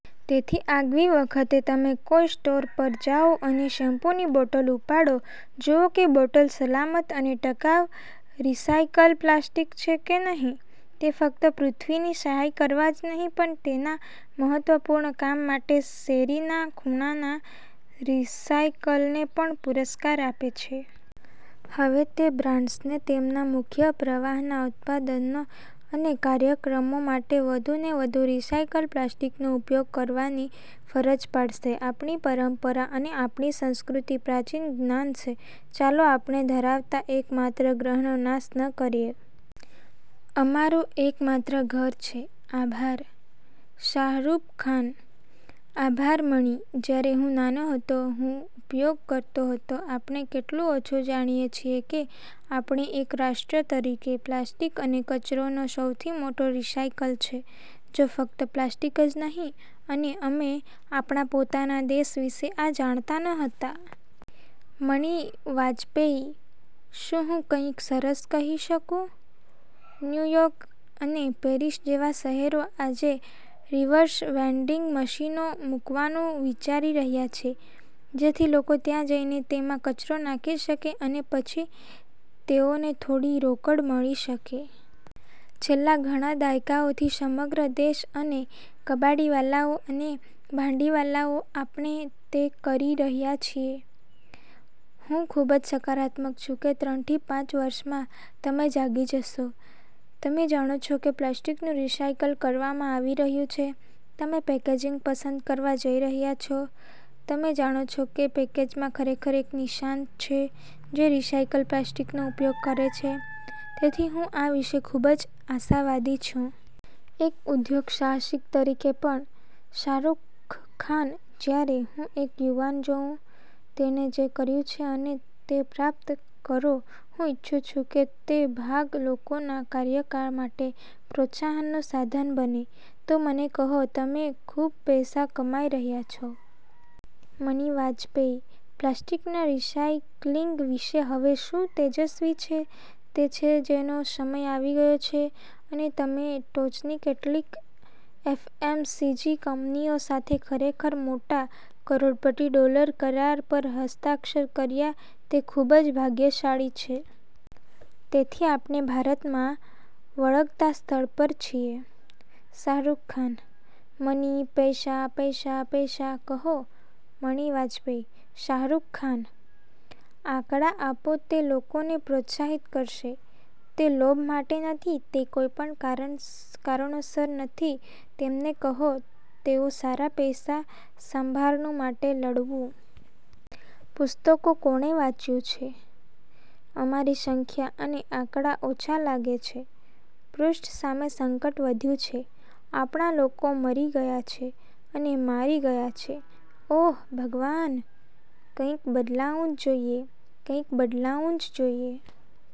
તેથી આગલી વખતે તમે કોઈ સ્ટોર પર જાઓ અને શેમ્પૂની બોટલ ઉપાડો, જુઓ કે બોટલ સલામત અને ટકાઉ રિસાયકલ પ્લાસ્ટિક છે કે નહીં. તે ફક્ત પૃથ્વીની સહાય કરવા જ નહીં પણ તેના મહત્વપૂર્ણ કામ માટે શેરીના ખૂણાના રિસાયકલને પણ પુરસ્કાર આપે છે. હવે તે બ્રાન્ડ્સને તેમના મુખ્ય પ્રવાહના ઉત્પાદનો અને કાર્યક્રમો માટે વધુને વધુ રિસાયકલ પ્લાસ્ટિકનો ઉપયોગ કરવાની ફરજ પાડશે. આપણી પરંપરા અને આપણી સંસ્કૃતિ પ્રાચીન જ્ઞાન છે. ચાલો આપણે ધરાવતા એક માત્ર ગ્રહનો નાશ ન કરીએ. અમારું એક માત્ર ઘર છે. આભાર. શાહરૂખ ખાન: આભાર, મણિ. જ્યારે હું નાનો હતો, હું ઉપયોગ કરતો હતો. આપણે કેટલું ઓછું જાણીએ છીએ કે આપણે એક રાષ્ટ્ર તરીકે, પ્લાસ્ટિક અને કચરોનો સૌથી મોટો રિસાયકલ છે, જો ફક્ત પ્લાસ્ટિક જ નહીં અને અમે આપણા પોતાના દેશ વિશે આ જાણતા ન હતા. મણિ વાજપેયી: શું હું કંઈક સરસ કહી શકું? ન્યુ યોર્ક અને પેરિસ જેવા શહેરો આજે રિવર્સ વેન્ડિંગ મશીનો મૂકવાનું વિચારી રહ્યા છે, જેથી લોકો ત્યાં જઈને તેમાં કચરો નાખી શકે અને પછી તેઓને થોડી રોકડ મળી શકે. છેલ્લા ઘણા દાયકાઓથી, સમગ્ર દેશ અને કબાડીવાલાઓ, અને ભાંડીવાલાઓ, આપણે તે કરી રહ્યા છીએ. હું ખૂબ સકારાત્મક છું કે ત્રણથી પાંચ વર્ષમાં, તમે જાગી જશો, તમે જાણો છો કે પ્લાસ્ટિકનું રિસાયકલ કરવામાં આવી રહ્યું છે, તમે પેકેજિંગ પસંદ કરવા જઇ રહ્યા છો, તમે જાણો છો કે પેકેજમાં ખરેખર એક નિશાન છે જે રિસાયકલ પ્લાસ્ટિકનો ઉપયોગ કરે છે, તેથી હું આ વિશે ખૂબ જ આશાવાદી છું. એક ઉદ્યોગસાહસિક તરીકે પણ. શાહરૂખખાન:જ્યારે હું એક યુવાન જોઉં, તેણે જે કર્યું છે અને તે પ્રાપ્ત કરો, હું ઇચ્છું છું કે તે ભાગ લોકોના કાર્યકાળ માટે પ્રોત્સાહનનું સાધન બને. તો મને કહો, તમે ખૂબ પૈસા કમાઇ રહ્યા છો? મણિ વાજપેયી: પ્લાસ્ટિકના રિસાયક્લિંગ વિશે હવે શું તેજસ્વી છે તે છે જેનો સમય આવી ગયો છે અને તમે ટોચની કેટલીક એફએમસીજી કંપનીઓ સાથે ખરેખર મોટા, કરોડપતિ ડોલર કરાર પર હસ્તાક્ષર કર્યા તે ખૂબ જ ભાગ્યશાળી છે. તેથી આપણે ભારતમાં વળગતા સ્થળ પર છીએ. શાહરૂખખાન: મની, પૈસા, પૈસા, પૈસા કહો. મણિ વાજપેયી: શાહરૂખખાન, આંકડા આપો તે લોકોને પ્રોત્સાહિત કરશે, તે લોભ માટે નથી, તે કોઈપણ કારણોસર નથી. તેમને કહો. તેઓ સારા પૈસા સંભારણું માટે લડવું. પુસ્તકો કોણે વાંચ્યું છે? અમારી સંખ્યા અને આંકડા ઓછા લાગે છે પૃષ્ઠ સામે સંકટ વધ્યું છે. આપણા લોકો મરી ગયા છે અને મારી ગયા છે. ઓહ, ભગવાન. કંઈક બદલાવું જ જોઇએ. કંઈક બદલાવું જ જોઇએ.